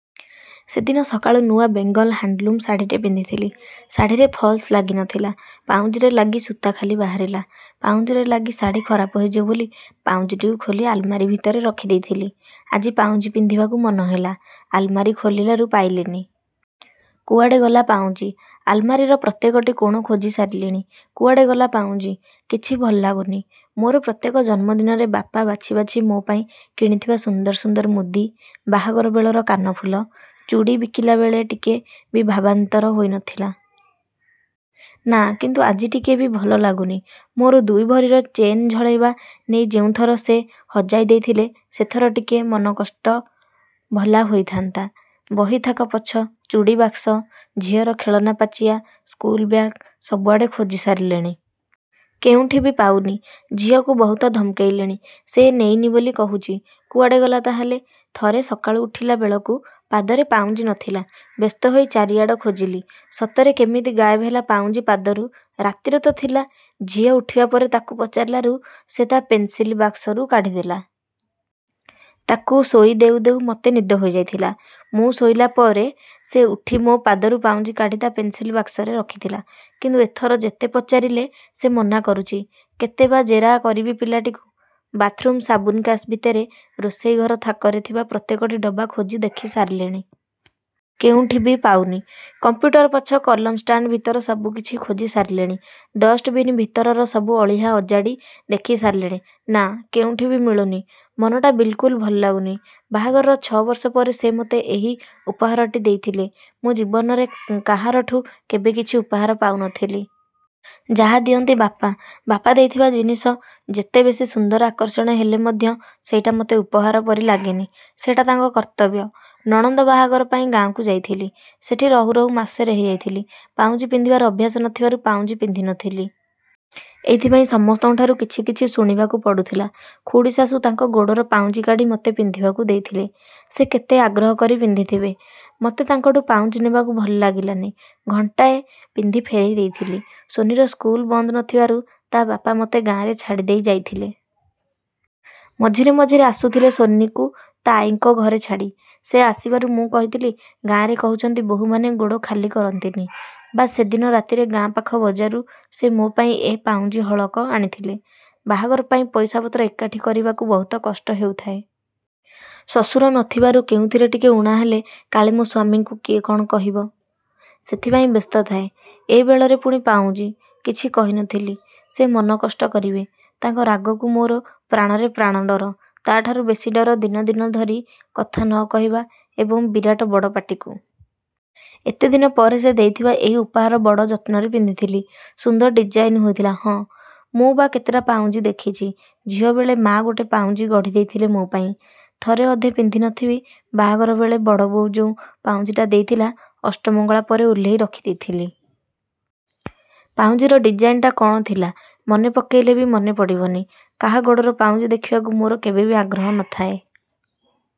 ସେଦିନ ସକାଳୁ ନୂଆ ବେଙ୍ଗଲ ହାଣ୍ଡଲୁମ ଶାଢ଼ୀଟେ ପିନ୍ଧିଥିଲି, ଶାଢ଼ୀରେ ଫ୍ଲସ ଲାଗିନଥିଲା। ପାଉଁଜିରେ ଲାଗି ସୁତା ଖାଲି ବାହାରିଲା। ପାଉଁଜିରେ ଲାଗି ଶାଢ଼ୀ ଖରାପ ହୋଇଯିବ ବୋଲି ପାଉଁଜିଟିକୁ ଖୋଲି ଆଲମାରୀ ଭିତରେ ରଖିଦେଇଥିଲି। ଆଜି ପାଉଁଜି ପିନ୍ଧିବାକୁ ମନ ହେଲା, ଆଲମାରି ଖୋଲିଲାରୁ ପାଇଲିନି। କୁଆଡ଼େ ଗଲା ପାଉଁଜି। ଆଲମାରୀର ପ୍ରତ୍ୟେକଟି କୋଣ ଖୋଜିସାରିଲିଣି। କୁଆଡ଼େ ଗଲା ପାଉଁଜି। କିଛି ଭଲ ଲାଗୁନି। ମୋର ପ୍ରତ୍ୟେକ ଜନ୍ମଦିନରେ ବାପା ବାଛି ବାଛି ମୋ ପାଇଁ କିଣିଥିବା ସୁନ୍ଦର ସୁନ୍ଦର ମୁଦି, ବାହାଘର ବେଳର କାନ ଫୁଲ, ଚୁଡ଼ି ବିକିଲାବେଳେ ଟିକେ ବି ଭାବାନ୍ତର ହୋଇନଥିଲା। ନା କିନ୍ତୁ ଆଜି ଟିକେ ବି ଭଲ ଲାଗୁନି। ମୋର ଦୁଇ ଭରିର ଚେନ ଝଳେଇବା ନେଇ ଯେଉଁଥର ସେ ହଜାଇ ଦେଇଥିଲେ ସେଥର ଟିକେ ମନକଷ୍ଟ ଭଲା ହୋଇଥାନ୍ତା। ବହିଥାକ ପଛ, ଚୂଡ଼ିବାକ୍ସ, ଝିଅର ଖେଳନା ପାଚିଆ, ସ୍କୁଲ ବ୍ୟାଗ ସବୁଆଡ଼େ ଖୋଜି ସାରିଲିଣି। କେଉଁଠି ବି ପାଉନି। ଝିଅକୁ ବହୁତ ଧମକେଇଲିଣି, ସେ ନେଇନି ବୋଲି କହୁଛି। କୁଆଡ଼େ ଗଲା ତା'ହେଲେ? ଥରେ ସକାଳୁ ଉଠିଲାବେଳକୁ ପାଦରେ ପାଉଁଜି ନ ଥିଲା। ବ୍ୟସ୍ତହୋଇ ଚାରିଆଡ଼ ଖୋଜିଲି। ସତରେ କେମିତି ଗାଏବ ହେଲା ପାଉଁଜି ପାଦରୁ ରାତିରେ ତ ଥିଲା, ଝିଅ ଉଠିବା ପରେ ତାକୁ ପଚାରିଲାରୁ ସେ ତା' ପେନ୍ସିଲ ବାକ୍ସରୁ କାଢ଼ିଦେଲା। ତାକୁ ଶୋଇ ଦେଉ ଦେଉ ମୋତେ ନିଦ ହୋଇଯାଇଥିଲା। ମୁଁ ଶୋଇଲାପରେ ସେ ଉଠି ମୋ ପାଦରୁ ପାଉଁଜି କାଢ଼ି ତା' ପେନ୍ସିଲ ବାକ୍ସରେ ରଖିଥିଲା। କିନ୍ତୁ ଏଥର ଯେତେ ପଚାରିଲେ ସେ ମନାକରୁଛି। କେତେ ବା ଜେରା କରିବି ପିଲାଟିକୁ? ବାଥରୁମ୍ର ସାବୁନକେଶ ଭିତର, ରୋଷେଇ ଘର ଥାକରେ ଥିବା ପ୍ରତ୍ୟେକଟି ଡବା ଖୋଜି ଦେଖିସାରିଲିଣି। କେଉଁଠିବି ପାଉନି। କମ୍ପ୍ୟୁଟର ପଛ କଲମ ଷ୍ଟାଣ୍ଡ ଭିତର ସବୁକିଛି ଖୋଜି ସାରିଲିଣି। ଡଷ୍ଟବିନ ଭିତରର ସବୁ ଅଳିହାକୁ ଅଜାଡ଼ି ଦେଖିସାରିଲିଣି। ନା... କେଉଁଠି ବି ମିଳୁନି। ମନଟା ବିଲକୁଲ ଭଲଲାଗୁନି। ବାହାଘରର ଛ' ବର୍ଷ ପରେ ସେ ମୋତେ ଏହି ଉପହାରଟି ଦେଇଥିଲେ। ମୋ ଜୀବନରେ କାହାରଠୁ କେବେ କିଛି ଉପହାର ପାଉନଥିଲି। ଯାହା ଦିଅନ୍ତି ବାପା। ବାପା ଦେଇଥିବା ଜିନିଷ ଯତେ ବେଶୀ ସୁନ୍ଦର ଆକର୍ଷଣୀୟ ହେଲେ ମଧ୍ୟ ସେଇଟା ମୋତେ ଉପହାର ପରି ଲାଗେନି। ସେଇଟା ତାଙ୍କ କର୍ତ୍ତବ୍ୟ...। ନଣନ୍ଦ ବାହାଘର ପାଇଁ ଗାଁକୁ ଯାଇଥିଲି। ସେଠି ରହୁ ରହୁ ମାସ ରହିଯାଇଥିଲି। ପାଉଁଜି ପିନ୍ଧିବାର ଅଭ୍ୟାସ ନଥିବାରୁ ପାଉଁଜି ପିନ୍ଧିନଥିଲି। ଏଥିପାଇଁ ସମସ୍ତଙ୍କଠାରୁ କିଛି କିଛି ଶୁଣିବାକୁ ପଡ଼ୁଥିଲା। ଖୁଡ଼ିଶାଶୁ ତାଙ୍କ ଗୋଡର ପାଉଁଜି କାଢ଼ି ମୋତେ। ପିନ୍ଧିବାକୁ ଦେଇଥିଲେ। ସେ କେତେ ଆଗ୍ରହ କରି ପିନ୍ଧିଥିବେ, ମୋତେ ତାଙ୍କଠୁ ପାଉଁଜି ନେବାକୁ ଭଲ ଲାଗିଲାନି ଘଣ୍ଟାଏ ପିନ୍ଧି ଫେରେଇ ଦେଇଥିଲି। ସୋନିର ସ୍କୁଲ ବନ୍ଦ ନ ଥିବାରୁ ତା'ବାପା ମୋତେ ଗାଁରେ ଛାଡ଼ିଦେଇ ଯାଇଥିଲେ। ମଝିରେ ମଝିରେ ଆସୁଥିଲେ ସୋନିକୁ ତା' ଆଈଙ୍କ ଘରେ ଛାଡ଼ି। ସେ ଆସିବାରୁ ମୁଁ କହିଥିଲି, ଗାଁରେ କହୁଛନ୍ତି ବୋହୂମାନେ ଗୋଡ଼ ଖାଲି କରନ୍ତିନି। ବାସ୍ ସେଦିନ ରାତିରେ ଗାଁପାଖ ବଜାରରୁ ସେ ମୋ ପାଇଁ ଏ ପାଉଁଜି ହଳକ ଆଣିଥିଲେ। ବାହାଘର ପାଇଁ ପଇସାପତ୍ର ଏକାଠି କରିବାକୁ ବହୁତ କଷ୍ଟ ହେଉଥାଏ। ଶଶୁର ନ ଥିବାରୁ କେଉଁଥିରେ ଟିକେ ଉଣା ହେଲେ, କାଳେ ମୋ ସ୍ୱାମୀଙ୍କୁ କିଏ କ'ଣ କହିବ, ସେଥିପାଇଁ ବ୍ୟସ୍ତ ଥାଏ। ଏ ବେଳରେ ପୁଣି ପାଉଁଜି? କିଛି କହିନଥିଲି। ସେ ମନକଷ୍ଟ କରିବେ। ତାଙ୍କ ରାଗକୁ ମୋର ପ୍ରାଣରେ ପ୍ରାଣ ଡର, ତା'ଠାରୁ ବେଶୀ ଡର ଦିନଦିନ ଧରି କଥା ନ କହିବା ଏବଂ ବିରାଟ ବଡ଼ ପାଟିକୁ। ଏତେଦିନ ପରେ ସେ ଦେଇଥିବା ଏହି ଉପହାର ବଡ଼ ଯତ୍ନରେ ପିନ୍ଧିଥିଲି। ସୁନ୍ଦର ଡିଜାଇନ ହୋଇଥିଲା। ହଁ ମୁଁ ବା କେତେଟା ପାଉଁଜି ଦେଖିଛି...। ଝିଅବେଳେ ମା' ଗୋଟେ ପାଉଁଜି ଗଢ଼ିଦେଇଥିଲେ ମୋ ପାଇଁ। ଥରେ ଅଧେ ପିନ୍ଧି ନ ଥିବି। ବାହାଘରବେଳେ ବଡ଼ବୋଉ ଯେଉଁ ପାଉଁଜିଟା ଦେଇଥିଲା, ଅଷ୍ଟମଙ୍ଗଳାପରେ ଓହ୍ଲେଇ ରଖିଦେଇଥିଲି। ପାଉଁଜିର ଡିଜାଇନଟା କ'ଣ ଥିଲା, ମନ ପକେଇଲେ ବି ମନେ ପଡ଼ିବନି। କାହା ଗୋଡ଼ର ପାଉଁଜି ଦେଖିବାକୁ ମୋର କେବେ ବି ଆଗ୍ରହ ନ ଥାଏ।